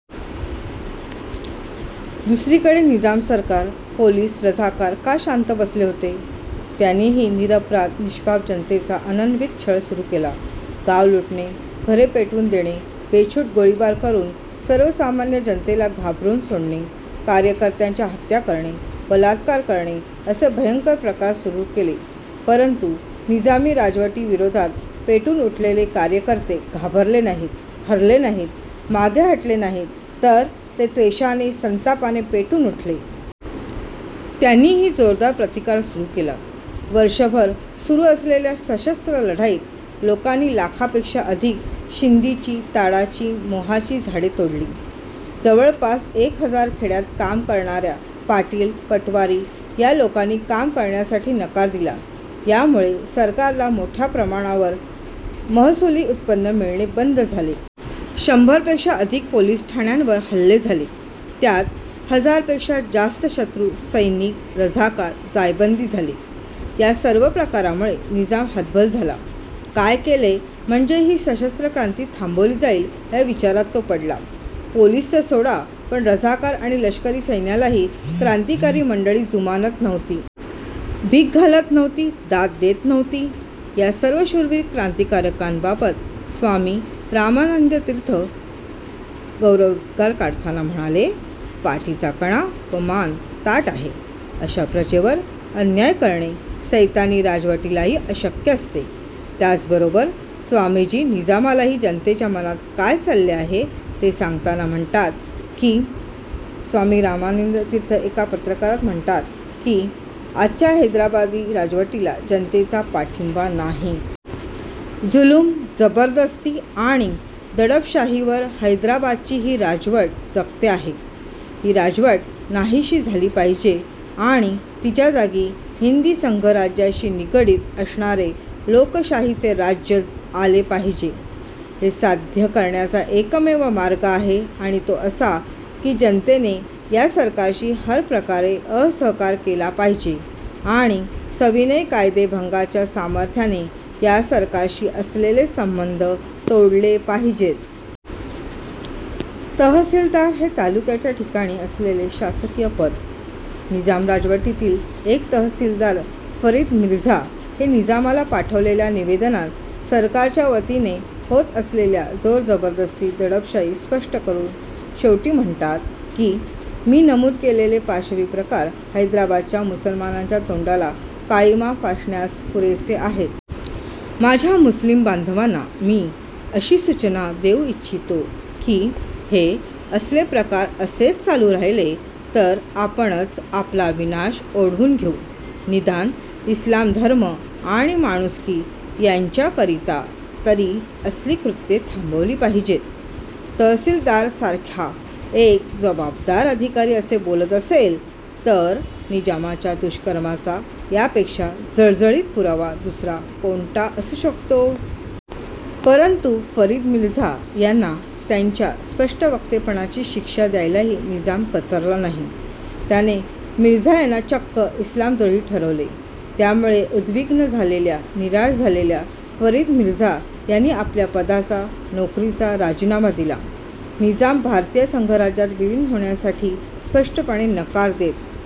दुसरीकडे निजाम सरकार, पोलीस, रझाकार का शांत बसले होते? त्यांनीही निरपराध, निष्पाप जनतेचा अनन्वित छळ सुरू केला. गाव लुटणे, घरे पेटवून देणे, बेछूट गोळीबार करून सर्वसामान्य जनतेला घाबरून सोडणे, कार्यकर्त्यांच्या हत्या करणे, बलात्कार करणे असे भयंकर प्रकार सुरू केले, परंतु निजामी राजवटीविरोधात पेटून उठलेले कार्यकर्ते घाबरले नाहीत, हरले नाहीत, मागे हटले नाहीत, तर ते त्वेषाने, संतापाने पेटून उठले. त्यांनीही जोरदार प्रतिकार सुरू केला. वर्षभर सुरू असलेल्या सशस्त्र लढाईत लोकांनी लाखापेक्षा अधिक शिंदीची, ताडाची, मोहाची झाडे तोडली. जवळपास एक हजार खेड्यात काम करणाऱ्या पाटील, पटवारी या लोकांनी काम करण्यासाठी नकार दिला. यामुळे सरकारला मोठ्या प्रमाणावर महसुली उत्पन्न मिळणे बंद झाले. शंभरपेक्षा अधिक पोलीस ठाण्यांवर हल्ले झाले. त्यात हजारपेक्षा जास्त शत्रू सैनिक, रझाकार जायबंदी झाले. या सर्व प्रकारामुळे निजाम हतबल झाला. काय केले म्हणजे ही सशस्त्र क्रांती थांबवली जाईल, या विचारात तो पडला. पोलीस तर सोडा, पण रझाकार आणि लष्करी सैन्यालाही क्रांतिकारी मंडळी जुमानत नव्हती. भीक घालत नव्हती. दाद देत नव्हती. या सर्व शूरवीर क्रांतिकारकांबाबत स्वामी रामानंद तीर्थ गौरवोद्गार काढताना म्हणाले, पाठीचा कणा व मान ताठ आहे अशा प्रजेवर अन्याय करणे सैतानी राजवटीलाही अशक्य असते. त्याचबरोबर स्वामीजी निजामालाही जनतेच्या मनात काय चालले आहे ते सांगताना म्हणतात की, स्वामी रामानंद तीर्थ एका पत्रकात म्हणतात की, आजच्या हैदराबादी राजवटीला जनतेचा पाठिंबा नाही. जुलूम, जबरदस्ती आणि दडपशाहीवर हैदराबादची ही राजवट जगते आहे. ही राजवट नाहीशी झाली पाहिजे आणि तिच्या जागी हिंदी संघराज्याशी निगडित असणारे लोकशाहीचे राज्य आले पाहिजे. हे साध्य करण्याचा एकमेव मार्ग आहे आणि तो असा की जनतेने या सरकारशी हरप्रकारे असहकार केला पाहिजे आणि सविनय कायदेभंगाच्या सामर्थ्याने या सरकारशी असलेले संबंध तोडले पाहिजेत. तहसीलदार हे तालुक्याच्या ठिकाणी असलेले शासकीय पद! निजाम राजवटीतील एक तहसीलदार फरीद मिर्झा हे निजामाला पाठवलेल्या निवेदनात सरकारच्यावतीने होत असलेली जोरजबरदस्ती, दडपशाही स्पष्ट करून शेवटी म्हणतात की, मी नमूद केलेले पाशवी प्रकार हैदराबादच्या मुसलमानांच्या तोंडाला काळिमा फासण्यास पुरेसे आहेत. माझ्या मुस्लीम बांधवांना मी अशी सूचना देऊ इच्छितो की हे असले प्रकार असेच चालू राहिले तर आपणच आपला विनाश ओढवून घेऊ. निदान इस्लाम धर्म आणि माणुसकी यांच्याकरिता तरी असली कृत्ये थांबविली पाहिजेत. तहसीलदारसारखा एक जबाबदार अधिकारी असे बोलत असेल तर निजामाच्या दुष्कर्माचा यापेक्षा जळजळीत पुरावा दुसरा कोणता असू शकतो? परंतु फरीद मिर्झा यांना त्यांच्या स्पष्टवक्तेपणाची शिक्षा द्यायलाही निजाम कचरला नाही. त्याने मिर्झा यांना चक्क इस्लामद्रोही ठरवले. त्यामुळे उद्विग्न झालेल्या, निराश झालेल्या फरीद मिर्झा यांनी आपल्या पदाचा, नोकरीचा राजीनामा दिला. निजाम भारतीय संघराज्यात विलीन होण्यासाठी स्पष्टपणे नकार देत.